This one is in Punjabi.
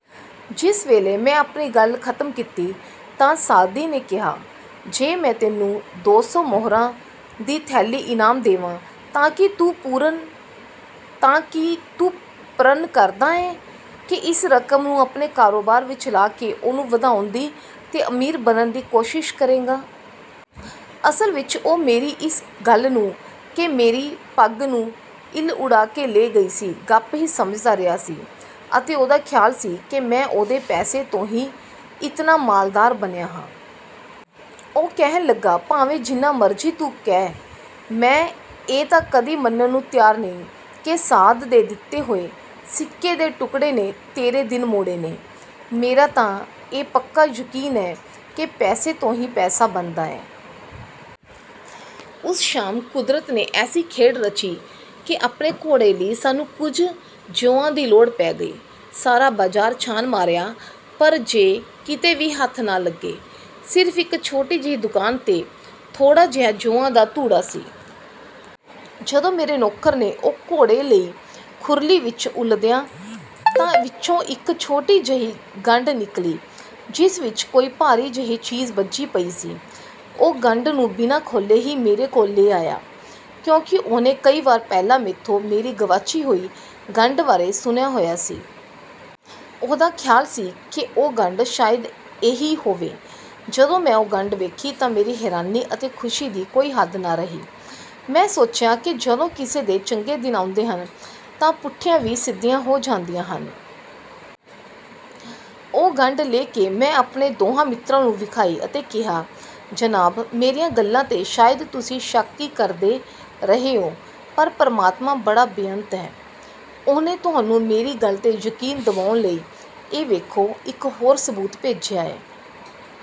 " ਜਿਸ ਵੇਲੇ ਮੈਂ ਆਪਣੀ ਗੱਲ ਖ਼ਤਮ ਕੀਤੀ, ਤਾਂ ਸਾਅਦੀ ਨੇ ਕਿਹਾ, "ਜੇ ਮੈਂ ਤੈਨੂੰ ਦੋ ਸੌ ਮੁਹਰਾਂ ਦੀ ਥੈਲੀ ਇਨਾਮ ਦੇਵਾਂ, ਤਾਂ ਕੀ ਤੂੰ ਪਰਣ ਕਰਦਾ ਏਂ ਕਿ ਇਸ ਰਕਮ ਨੂੰ ਆਪਣੇ ਕਾਰੋਬਾਰ ਵਿਚ ਲਾ ਕੇ ਉਹਨੂੰ ਵਧਾਉਣ ਦੀ ਤੇ ਅਮੀਰ ਬਣਨ ਦੀ ਕੋਸ਼ਿਸ਼ ਕਰੇਂਗਾ? ਅਸਲ ਵਿਚ ਉਹ ਮੇਰੀ ਇਸ ਗੱਲ ਨੂੰ ਕਿ ਮੇਰੀ ਪੱਗ ਨੂੰ ਇੱਲ ਉਡਾ ਕੇ ਲੈ ਗਈ ਸੀ, ਗੱਪ ਹੀ ਸਮਝਦਾ ਰਿਹਾ ਸੀ ਅਤੇ ਉਹਦਾ ਖ਼ਿਆਲ ਸੀ ਕਿ ਮੈਂ ਉਹਦੇ ਪੈਸੇ ਤੋਂ ਹੀ ਇਤਨਾ ਮਾਲਦਾਰ ਬਣਿਆ ਹਾਂ। ਉਹ ਕਹਿਣ ਲੱਗਾ, 'ਭਾਵੇਂ ਜਿੰਨਾ ਮਰਜ਼ੀ ਤੂੰ ਕਹੁ, ਮੈਂ ਇਹ ਤਾਂ ਕਦੀ ਮੰਨਣ ਨੂੰ ਤਿਆਰ ਨਹੀਂ ਕਿ ਸਾਅਦ ਦੇ ਦਿੱਤੇ ਹੋਏ ਸਿੱਕੇ ਦੇ ਟੁਕੜੇ ਨੇ ਤੇਰੇ ਦਿਨ ਮੋੜੇ ਨੇ। ਮੇਰਾ ਤਾਂ ਇਹ ਪੱਕਾ ਯਕੀਨ ਏ ਕਿ ਪੈਸੇ ਤੋਂ ਹੀ ਪੈਸਾ ਬਣਦਾ ਏ। ਉਸ ਸ਼ਾਮ ਕੁਦਰਤ ਨੇ ਐਸੀ ਖੇਡ ਰਚੀ ਕਿ ਆਪਣੇ ਘੋੜੇ ਲਈ ਸਾਨੂੰ ਕੁਝ ਜੌਆਂ ਦੀ ਲੋੜ ਪੈ ਗਈ। ਸਾਰਾ ਬਾਜ਼ਾਰ ਛਾਣ ਮਾਰਿਆ ਪਰ ਜੇ ਕਿਤੇ ਵੀ ਹਥ ਨ ਲਗੇ। ਸਿਰਫ਼ ਇਕ ਛੋਟੀ ਜਿਹੀ ਦੁਕਾਨ ਤੇ ਥੋੜ੍ਹਾ ਜਿਹਾ ਜੌਆਂ ਦਾ ਧੂੜਾ ਸੀ। ਜਦੋਂ ਮੇਰੇ ਨੌਕਰ ਨੇ ਉਹ ਘੋੜੇ ਲਈ ਖੁਰਲੀ ਵਿਚ ਉਲੱਦਿਆ ਤਾਂ ਵਿੱਚੋਂ ਇਕ ਛੋਟੀ ਜਹੀ ਗੰਢ ਨਿਕਲੀ ਜਿਸ ਵਿਚ ਕੋਈ ਭਾਰੀ ਜਿਹੀ ਚੀਜ਼ ਬੱਝੀ ਪਈ ਸੀ। ਉਹ ਗੰਢ ਨੂੰ ਬਿਨਾਂ ਖੋਲ੍ਹੇ ਹੀ ਮੇਰੇ ਕੋਲ ਲੈ ਆਇਆ ਕਿਉਂਕਿ ਉਹਨੇ ਕਈ ਵਾਰ ਪਹਿਲਾਂ ਮੈਥੋਂ ਮੇਰੀ ਗਵਾਚੀ ਹੋਈ ਗੰਢ ਬਾਰੇ ਸੁਣਿਆ ਹੋਇਆ ਸੀ। ਉਹਦਾ ਖ਼ਿਆਲ ਸੀ ਕਿ ਉਹ ਗੰਢ ਸ਼ਾਇਦ ਇਹ ਹੀ ਹੋਵੇ। ਜਦੋਂ ਮੈਂ ਉਹ ਗੰਢ ਵੇਖੀ ਤਾਂ ਮੇਰੀ ਹੈਰਾਨੀ ਅਤੇ ਖੁਸ਼ੀ ਦੀ ਕੋਈ ਹੱਦ ਨ ਰਹੀ। ਮੈਂ ਸੋਚਿਆ ਕਿ ਜਦੋਂ ਕਿਸੇ ਦੇ ਚੰਗੇ ਦਿਨ ਆਉਂਦੇ ਹਨ ਤਾਂ ਪੁੱਠੀਆਂ ਵੀ ਸਿੱਧੀਆਂ ਹੋ ਜਾਂਦੀਆਂ ਹਨ। ਉਹ ਗੰਢ ਲੈ ਕੇ ਮੈਂ ਆਪਣੇ ਦੋਹਾਂ ਮਿੱਤਰਾਂ ਨੂੰ ਵਿਖਾਈ ਅਤੇ ਕਿਹਾ, "ਜਨਾਬ, ਮੇਰੀਆਂ ਗੱਲਾਂ ਤੇ ਸ਼ਾਇਦ ਤੁਸੀਂ ਸ਼ਕ ਈ ਕਰਦੇ ਰਹੇ ਓ ਪਰ ਪਰਮਾਤਮਾ ਬੜਾ ਬੇਅੰਤ ਏ! ਉਹਨੇ ਤੁਹਾਨੂੰ ਮੇਰੀ ਗਲ ਤੇ ਯਕੀਨ ਦਿਵਾਉਣ ਲਈ ਇਹ ਵੇਖੋ ਇਕ ਹੋਰ ਸਬੂਤ ਭੇਜਿਆ ਏ।